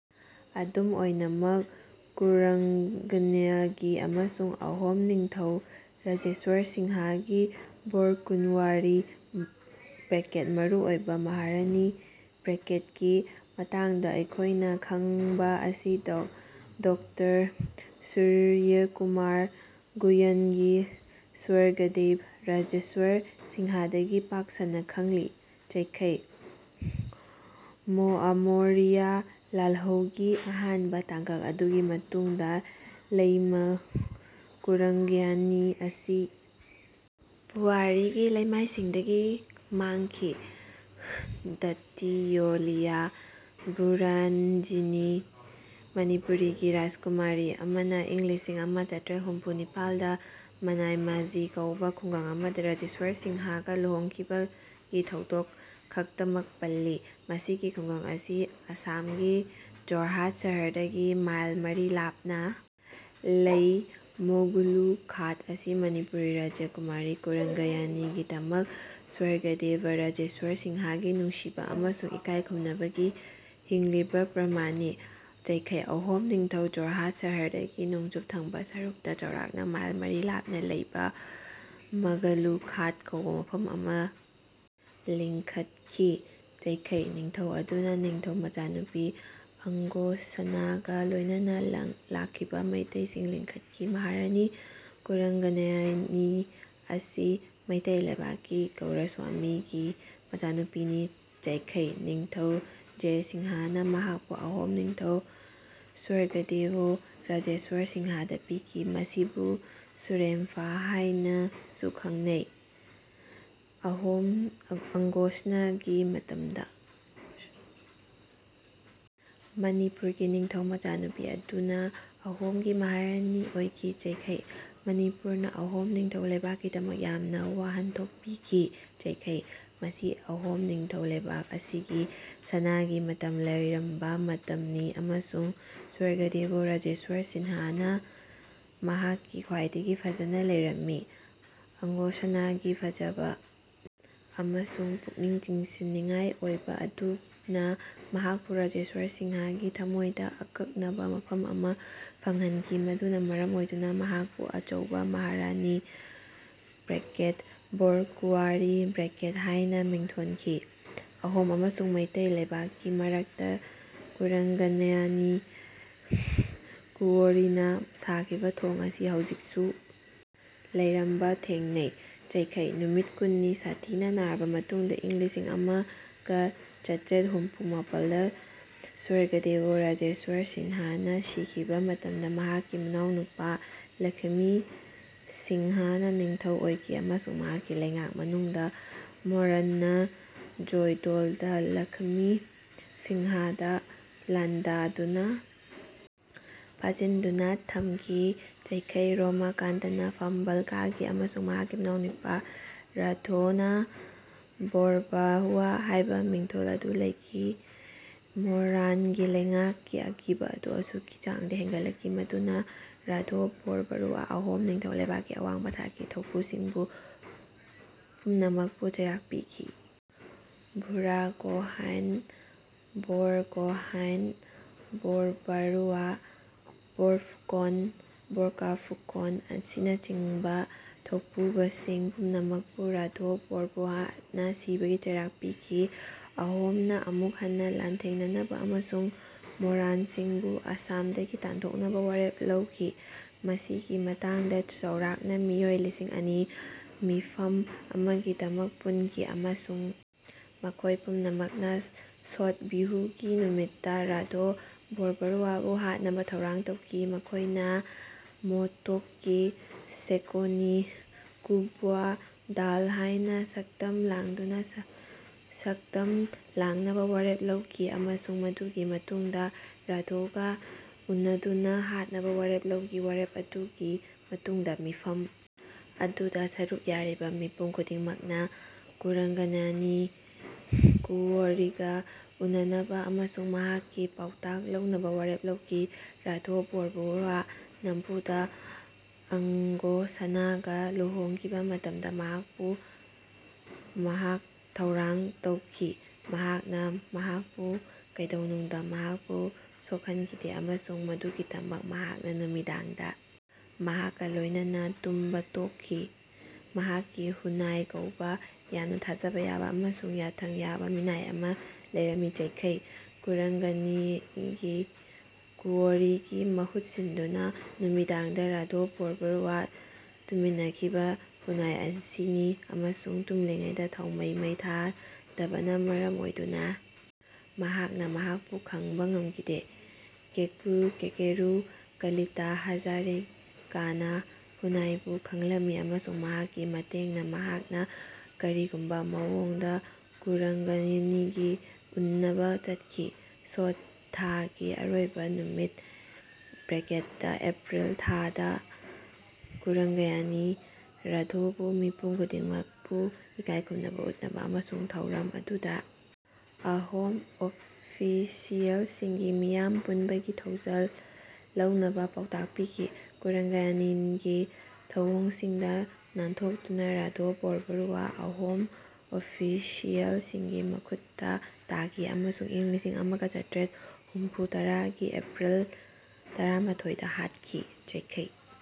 ꯑꯗꯨꯝ ꯑꯣꯏꯅꯃꯛ ꯀꯨꯔꯪꯒꯅꯌꯅꯤ ꯑꯃꯁꯨꯡ ꯑꯍꯣꯝ ꯅꯤꯡꯊꯧ ꯔꯥꯖꯦꯁ꯭ꯋꯔ ꯁꯤꯡꯍꯒꯤ ꯕꯣꯔꯀꯨꯟꯋꯥꯔꯤ (ꯃꯔꯨꯑꯣꯏꯕ ꯃꯍꯥꯔꯥꯅꯤ)ꯒꯤ ꯃꯇꯥꯡꯗ ꯑꯩꯈꯣꯏꯅ ꯈꯪꯕ ꯑꯁꯤ ꯗꯣ ꯗꯣꯛꯇꯔ ꯁꯨꯔ꯭ꯌꯀꯨꯃꯥꯔ ꯒꯨꯌꯥꯟꯒꯤ ꯁ꯭ꯋꯔꯒꯗꯦꯕ ꯔꯥꯖꯦꯁ꯭ꯋꯔ ꯁꯤꯡꯍꯗꯒꯤ ꯄꯥꯛ ꯁꯟꯅ ꯈꯡꯉꯤ꯫ ꯃꯣꯑꯃꯣꯔꯤꯌꯥ ꯂꯥꯜꯍꯧꯒꯤ ꯑꯍꯥꯟꯕ ꯇꯥꯡꯀꯛ ꯑꯗꯨꯒꯤ ꯃꯇꯨꯡꯗ ꯂꯩꯃꯥ ꯀꯨꯔꯪꯒꯅꯌꯅꯤ ꯑꯁꯤ ꯄꯨꯋꯥꯔꯤꯒꯤ ꯂꯩꯃꯥꯏꯁꯤꯡꯗꯒꯤ ꯃꯥꯡꯈꯤ꯫ ꯗꯇꯤꯌꯣꯂꯤꯌꯥ ꯕꯨꯔꯥꯟꯖꯤꯅꯤ ꯃꯅꯤꯄꯨꯔꯤꯒꯤ ꯔꯥꯖꯀꯨꯃꯥꯔꯤ ꯑꯃꯅ ꯏꯪ ꯂꯤꯁꯤꯡ ꯑꯃ ꯆꯥꯇ꯭ꯔꯦꯠ ꯍꯨꯝꯐꯨ ꯅꯤꯄꯥꯜꯗ ꯃꯅꯥꯏꯃꯥꯖꯤ ꯀꯧꯕ ꯈꯨꯡꯒꯪ ꯑꯃꯗ ꯔꯥꯖꯦꯁ꯭ꯋꯔ ꯁꯤꯡꯍꯒ ꯂꯨꯍꯣꯡꯈꯤꯕꯒꯤ ꯊꯧꯗꯣꯛ ꯈꯛꯇꯃꯛ ꯄꯜꯂꯤ꯫ ꯃꯁꯤꯒꯤ ꯈꯨꯡꯒꯪ ꯑꯁꯤ ꯑꯁꯥꯝꯒꯤ ꯖꯣꯔꯍꯥꯠ ꯁꯍꯔꯗꯒꯤ ꯃꯥꯏꯜ ꯃꯔꯤ ꯂꯥꯞꯅ ꯂꯩ꯫ ꯃꯒꯣꯂꯨ ꯈꯥꯠ ꯑꯁꯤ ꯃꯅꯤꯄꯨꯔꯤ ꯔꯥꯖꯀꯨꯃꯥꯔꯤ ꯀꯨꯔꯪꯒꯅꯌꯅꯤꯒꯤꯗꯃꯛ ꯁ꯭ꯋꯔꯒꯗꯦꯕ ꯔꯥꯖꯦꯁ꯭ꯋꯔ ꯁꯤꯡꯍꯒꯤ ꯅꯨꯡꯁꯤꯕ ꯑꯃꯁꯨꯡ ꯏꯀꯥꯏ ꯈꯨꯝꯅꯕꯒꯤ ꯍꯤꯡꯂꯤꯕ ꯄ꯭ꯔꯃꯥꯟꯅꯤ꯫ ꯑꯍꯣꯝ ꯅꯤꯡꯊꯧꯅ ꯖꯣꯔꯍꯥꯠ ꯁꯍꯔꯗꯒꯤ ꯅꯣꯡꯆꯨꯞ ꯊꯪꯕ ꯁꯔꯨꯛꯇ ꯆꯥꯎꯔꯥꯛꯅ ꯃꯥꯏꯜ ꯃꯔꯤ ꯂꯥꯞꯅ ꯂꯩꯕ ꯃꯒꯥꯂꯨ ꯈꯥꯠ ꯀꯧꯕ ꯃꯐꯝ ꯑꯃ ꯂꯤꯡꯈꯠꯈꯤ꯫ ꯅꯤꯡꯊꯧ ꯑꯗꯨꯅ ꯅꯤꯡꯊꯧ ꯃꯆꯥꯅꯨꯄꯤ ꯑꯪꯒꯣꯁꯅꯥꯒ ꯂꯣꯏꯅꯅ ꯂꯥꯡ ꯂꯥꯛꯈꯤꯕ ꯃꯩꯇꯩꯁꯤꯡ ꯂꯤꯡꯈꯠꯈꯤ꯫ ꯃꯍꯥꯔꯥꯅꯤ ꯀꯨꯔꯪꯒꯅꯌꯅꯤ ꯑꯁꯤ ꯃꯩꯇꯩ ꯂꯩꯕꯥꯛꯀꯤ ꯒꯧꯔꯁ꯭ꯌꯥꯝꯒꯤ ꯃꯆꯥꯅꯨꯄꯤꯅꯤ꯫ ꯅꯤꯡꯊꯧ ꯖꯌ ꯁꯤꯡꯍꯅ ꯃꯍꯥꯛꯄꯨ ꯑꯍꯣꯝ ꯅꯤꯡꯊꯧ ꯁ꯭ꯋꯔꯒꯗꯦꯑꯣ ꯔꯥꯖꯦꯁ꯭ꯋꯔ ꯁꯤꯡꯍꯗ ꯄꯤꯈꯤ, ꯃꯁꯤꯕꯨ ꯁꯨꯔꯦꯝꯐꯥ ꯍꯥꯏꯅꯁꯨ ꯈꯪꯅꯩ꯫ ꯑꯍꯣꯡ ꯑꯪꯒꯣꯁꯅꯥꯒꯤ ꯃꯇꯝꯗ ꯃꯅꯤꯄꯨꯔꯒꯤ ꯅꯤꯡꯊꯧ ꯃꯆꯥꯅꯨꯄꯤ ꯑꯗꯨꯅ ꯑꯍꯣꯝꯒꯤ ꯃꯍꯥꯔꯥꯅꯤ ꯑꯣꯏꯈꯤ꯫ ꯃꯅꯤꯄꯨꯔꯅ ꯑꯍꯣꯝ ꯅꯤꯡꯊꯧ ꯂꯩꯕꯥꯛꯀꯤꯗꯃꯛ ꯌꯥꯝꯅ ꯋꯥꯍꯟꯊꯣꯛ ꯄꯤꯈꯤ꯫ ꯃꯁꯤ ꯑꯍꯣꯝ ꯅꯤꯡꯊꯧ ꯂꯩꯕꯥꯛ ꯑꯁꯤꯒꯤ ꯁꯅꯥꯒꯤ ꯃꯇꯝ ꯂꯩꯔꯝꯕ ꯃꯇꯝꯅꯤ ꯑꯃꯁꯨꯡ ꯁ꯭ꯋꯔꯒꯗꯦꯑꯣ ꯔꯥꯖꯦꯁ꯭ꯋꯔ ꯁꯤꯡꯍꯅ ꯃꯍꯥꯛꯀꯤ ꯈ꯭ꯋꯥꯏꯗꯒꯤ ꯐꯖꯅ ꯂꯩꯔꯝꯃꯤ꯫ ꯑꯪꯒꯣꯁꯅꯥꯒꯤ ꯐꯖꯕ ꯑꯃꯁꯨꯡ ꯄꯨꯛꯅꯤꯡ ꯆꯤꯡꯁꯤꯟꯅꯤꯡꯉꯥꯏ ꯑꯣꯏꯕ ꯑꯗꯨꯅ ꯃꯍꯥꯛꯄꯨ ꯔꯥꯖꯦꯁ꯭ꯋꯔ ꯁꯤꯡꯍꯒꯤ ꯊꯃꯣꯏꯗ ꯑꯀꯛꯅꯕ ꯃꯐꯝ ꯑꯃ ꯐꯪꯍꯟꯈꯤ ꯃꯗꯨꯅ ꯃꯔꯝ ꯑꯣꯏꯗꯨꯅ ꯃꯍꯥꯛꯄꯨ ꯑꯆꯧꯕ ꯃꯍꯥꯔꯥꯅꯤ (ꯕꯣꯔꯀꯨꯋꯥꯔꯤ) ꯍꯥꯏꯅ ꯃꯤꯡꯊꯣꯟꯈꯤ꯫ ꯑꯍꯣꯝ ꯑꯃꯁꯨꯡ ꯃꯩꯇꯩ ꯂꯩꯕꯥꯛꯀꯤ ꯃꯔꯛꯇ ꯀꯨꯔꯪꯒꯅꯌꯅꯤ ꯀꯨꯋꯣꯔꯤꯅ ꯁꯥꯈꯤꯕ ꯊꯣꯡ ꯑꯁꯤ ꯍꯧꯖꯤꯛꯁꯨ ꯂꯩꯔꯝꯕ ꯊꯦꯡꯅꯩ꯫ ꯅꯨꯃꯤꯠ ꯀꯨꯟꯅꯤ ꯁꯥꯊꯤꯅ ꯅꯥꯔꯕ ꯃꯇꯨꯡꯗ ꯏꯪ ꯂꯤꯁꯤꯡ ꯑꯃꯒ ꯆꯥꯇ꯭ꯔꯦꯠ ꯍꯨꯝꯐꯨ ꯃꯄꯜꯗ ꯁ꯭ꯋꯔꯒꯗꯦꯑꯣ ꯔꯥꯖꯦꯁ꯭ꯋꯔ ꯁꯤꯡꯍꯅ ꯁꯤꯈꯤꯕ ꯃꯇꯝꯗ ꯃꯍꯥꯛꯀꯤ ꯃꯅꯥꯎꯅꯨꯄꯥ ꯂꯈꯃꯤ ꯁꯤꯡꯍꯅ ꯅꯤꯡꯊꯧ ꯑꯣꯏꯈꯤ ꯑꯃꯁꯨꯡ ꯃꯍꯥꯛꯀꯤ ꯂꯩꯉꯥꯛ ꯃꯅꯨꯡꯗ ꯃꯣꯔꯥꯟꯅ ꯖꯣꯏꯗꯣꯜꯗ ꯂꯈꯃꯤ ꯁꯤꯡꯍꯗ ꯂꯥꯟꯗꯥꯗꯨꯅ ꯐꯥꯖꯤꯟꯗꯨꯅ ꯊꯝꯈꯤ꯫ ꯔꯣꯃꯥꯀꯥꯟꯇꯅ ꯐꯝꯕꯥꯜ ꯀꯥꯈꯤ ꯑꯃꯁꯨꯡ ꯃꯍꯥꯛꯀꯤ ꯃꯅꯥꯎꯅꯨꯄꯥ ꯔꯥꯘꯣꯅ 'ꯕꯣꯔꯕꯥꯔꯨꯋꯥꯍ' ꯍꯥꯏꯕ ꯃꯤꯡꯊꯣꯜ ꯑꯗꯨ ꯂꯧꯈꯤ꯫ ꯃꯣꯔꯥꯟꯒꯤ ꯂꯩꯉꯥꯛꯀꯤ ꯑꯀꯤꯕ ꯑꯗꯨ ꯑꯁꯨꯛꯀꯤ ꯆꯥꯡꯗ ꯍꯦꯟꯒꯠꯂꯛꯈꯤ ꯃꯗꯨꯅ ꯔꯥꯘꯣ ꯕꯣꯔꯕꯥꯔꯨꯋꯥꯅ ꯑꯍꯣꯝ ꯅꯤꯡꯊꯧ ꯂꯩꯕꯥꯛꯀꯤ ꯑꯋꯥꯡꯕ ꯊꯥꯛꯀꯤ ꯊꯧꯄꯨꯕꯁꯤꯡꯕꯨ ꯄꯨꯝꯅꯃꯛꯄꯨ ꯆꯩꯔꯥꯛ ꯄꯤꯈꯤ꯫ ꯕꯨꯔꯥꯒꯣꯍꯥꯏꯟ, ꯕꯣꯔꯒꯣꯍꯥꯏꯟ, ꯕꯣꯔꯕꯥꯔꯨꯋꯥ, ꯕꯣꯔꯐꯨꯀꯣꯟ, ꯗꯦꯀꯥꯐꯨꯀꯣꯟ ꯑꯁꯤꯅꯆꯤꯡꯕ ꯊꯧꯄꯨꯕꯁꯤꯡ ꯄꯨꯝꯅꯃꯛꯄꯨ ꯔꯥꯘꯣ ꯕꯣꯔꯕꯔꯨꯋꯥꯅ ꯁꯤꯕꯒꯤ ꯆꯩꯔꯥꯛ ꯄꯤꯈꯤ꯫ ꯑꯍꯣꯝꯅ ꯑꯃꯨꯛ ꯍꯟꯅ ꯂꯥꯟꯊꯦꯡꯅꯅꯕ ꯑꯃꯁꯨꯡ ꯃꯣꯔꯥꯟꯁꯤꯡꯕꯨ ꯑꯁꯥꯝꯗꯒꯤ ꯇꯥꯟꯊꯣꯛꯅꯕ ꯋꯥꯔꯦꯞ ꯂꯧꯈꯤ꯫ ꯃꯁꯤꯒꯤ ꯃꯇꯥꯡꯗ ꯆꯥꯎꯔꯥꯛꯅ ꯃꯤꯑꯣꯏ ꯂꯤꯁꯤꯡ ꯑꯅꯤ ꯃꯤꯐꯝ ꯑꯃꯒꯤꯗꯃꯛ ꯄꯨꯟꯈꯤ ꯑꯃꯁꯨꯡ ꯃꯈꯣꯏ ꯄꯨꯝꯅꯃꯛꯅ ꯁꯣꯠ ꯕꯤꯍꯨꯒꯤ ꯅꯨꯃꯤꯠꯇ ꯔꯥꯘꯣ ꯕꯣꯔꯕꯥꯔꯨꯋꯥꯕꯨ ꯍꯥꯠꯅꯕ ꯊꯧꯔꯥꯡ ꯇꯧꯈꯤ꯫ ꯃꯈꯣꯏꯅ ꯃꯣꯇꯣꯛꯀꯤ ꯁꯦꯀꯣꯅꯤ-ꯀꯨꯕꯨꯋꯥ ꯗꯥꯜ ꯍꯥꯏꯅ ꯁꯛꯇꯝ ꯂꯥꯡꯗꯨꯅ ꯁꯛ ꯁꯛꯇꯝ ꯂꯥꯡꯅꯕ ꯋꯥꯔꯦꯞ ꯂꯧꯈꯤ ꯑꯃꯁꯨꯡ ꯃꯗꯨꯒꯤ ꯃꯇꯨꯡꯗ ꯔꯥꯘꯣꯒ ꯎꯅꯗꯨꯅ ꯍꯥꯠꯅꯕ ꯋꯥꯔꯦꯞ ꯂꯧꯈꯤ꯫ ꯋꯥꯔꯦꯞ ꯑꯗꯨꯒꯤ ꯃꯇꯨꯡꯗ ꯃꯤꯐꯝ ꯑꯗꯨꯗ ꯁꯔꯨꯛ ꯌꯥꯔꯤꯕ ꯃꯤꯄꯨꯝ ꯈꯨꯗꯤꯡꯃꯛꯅ ꯀꯨꯔꯪꯒꯅꯌꯅꯤ ꯀꯨꯋꯣꯔꯤꯒ ꯎꯅꯅꯕ ꯑꯃꯁꯨꯡ ꯃꯍꯥꯛꯀꯤ ꯄꯥꯎꯇꯥꯛ ꯂꯧꯅꯕ ꯋꯥꯔꯦꯞ ꯂꯧꯈꯤ꯫ ꯔꯥꯘꯣ ꯕꯣꯔꯕꯥꯔꯨꯋꯥꯅ ꯅꯝꯐꯨꯗ ꯑꯡꯒꯣꯁꯥꯅꯥꯒ ꯂꯨꯍꯣꯡꯈꯤꯕ ꯃꯇꯝꯗ ꯃꯍꯥꯛꯄꯨ ꯃꯍꯥꯛ ꯊꯧꯔꯥꯡ ꯇꯧꯈꯤ꯫ ꯃꯍꯥꯛꯅ ꯃꯍꯥꯛꯄꯨ ꯀꯩꯗꯧꯅꯨꯡꯗ ꯃꯍꯥꯛꯄꯨ ꯁꯣꯛꯍꯟꯈꯤꯗꯦ ꯑꯃꯁꯨꯡ ꯃꯗꯨꯒꯤꯗꯃꯛ ꯃꯍꯥꯛꯅ ꯅꯨꯃꯤꯗꯥꯡꯗ ꯃꯍꯥꯛꯀ ꯂꯣꯏꯅꯅ ꯇꯨꯝꯕ ꯇꯣꯛꯈꯤ꯫ ꯃꯍꯥꯛꯀꯤ ꯍꯨꯅꯥꯏ ꯀꯧꯕ ꯌꯥꯝꯅ ꯊꯥꯖꯕ ꯌꯥꯕ ꯑꯃꯁꯨꯡ ꯌꯥꯊꯪ ꯌꯥꯕ ꯃꯤꯅꯥꯏ ꯑꯃ ꯂꯩꯔꯝꯃꯤ꯫ ꯀꯨꯔꯪꯒꯅꯤꯒꯤ ꯀꯨꯋꯣꯔꯤꯒꯤ ꯃꯍꯨꯠ ꯁꯤꯟꯗꯨꯅ ꯅꯨꯃꯤꯗꯥꯡꯗ ꯔꯥꯘꯣ ꯕꯣꯔꯕꯥꯎꯔꯇꯨꯝꯃꯤꯟꯅꯈꯤꯕ ꯍꯨꯅꯥꯏ ꯑꯁꯤꯅꯤ ꯑꯃꯁꯨꯡ ꯇꯨꯝꯂꯤꯉꯩꯗ ꯊꯥꯎꯃꯩꯁꯤꯡ ꯃꯩ ꯊꯥꯗꯕꯅ ꯃꯔꯝ ꯑꯣꯏꯗꯨꯅ ꯃꯍꯥꯛꯅ ꯃꯍꯥꯛꯄꯨ ꯈꯪꯕ ꯉꯝꯈꯤꯗꯦ꯫ ꯀꯦꯀꯦꯔꯨ ꯀꯂꯤꯇꯥ ꯍꯖꯥꯔꯤꯀꯥꯅ ꯍꯨꯅꯥꯏꯕꯨ ꯈꯪꯂꯝꯃꯤ ꯑꯃꯁꯨꯡ ꯃꯍꯥꯛꯀꯤ ꯃꯇꯦꯡꯅ ꯃꯍꯥꯛꯅ ꯀꯔꯤꯒꯨꯝꯕ ꯃꯑꯣꯡꯗ ꯀꯨꯔꯪꯒꯅꯌꯅꯤꯒ ꯎꯟꯅꯕ ꯆꯠꯈꯤ꯫ ꯁꯣꯠ ꯊꯥꯒꯤ ꯑꯔꯣꯏꯕ ꯅꯨꯃꯤꯠ (ꯑꯦꯄ꯭ꯔꯤꯜ-ꯊꯥ)ꯗ ꯀꯨꯔꯪꯒꯅꯌꯅꯤ ꯔꯥꯘꯣꯕꯨ ꯃꯤꯄꯨꯝ ꯈꯨꯗꯤꯡꯃꯛꯄꯨ ꯏꯀꯥꯏ ꯈꯨꯝꯅꯕ ꯎꯠꯅꯕ ꯑꯃꯁꯨꯡ ꯊꯧꯔꯝ ꯑꯗꯨꯗ ꯑꯍꯣꯝ ꯑꯣꯐꯤꯁꯤꯑꯦꯜꯁꯤꯡꯒꯤ ꯃꯤꯌꯥꯝ ꯄꯨꯟꯕꯒꯤ ꯊꯧꯖꯥꯜ ꯂꯧꯅꯕ ꯄꯥꯎꯇꯥꯛ ꯄꯤꯈꯤ꯫ ꯀꯨꯔꯪꯒꯅꯌꯅꯤꯒꯤ ꯊꯧꯑꯣꯡꯁꯤꯡꯗ ꯅꯥꯟꯊꯣꯛꯇꯨꯅ ꯔꯥꯘꯣ ꯕꯣꯔꯕꯥꯔꯨꯋꯥꯍ ꯑꯍꯣꯝ ꯑꯣꯐꯤꯁꯤꯑꯦꯜꯁꯤꯡꯒꯤ ꯃꯈꯨꯠꯇ ꯇꯥꯈꯤ ꯑꯃꯁꯨꯡ ꯏꯪ ꯂꯤꯁꯤꯡ ꯑꯃꯒ ꯆꯥꯇ꯭ꯔꯦꯠ ꯍꯨꯝꯐꯨꯇꯔꯥꯒꯤ ꯑꯦꯄ꯭ꯔꯤꯜ ꯇꯔꯥꯃꯥꯊꯣꯏꯗ ꯍꯥꯠꯈꯤ꯫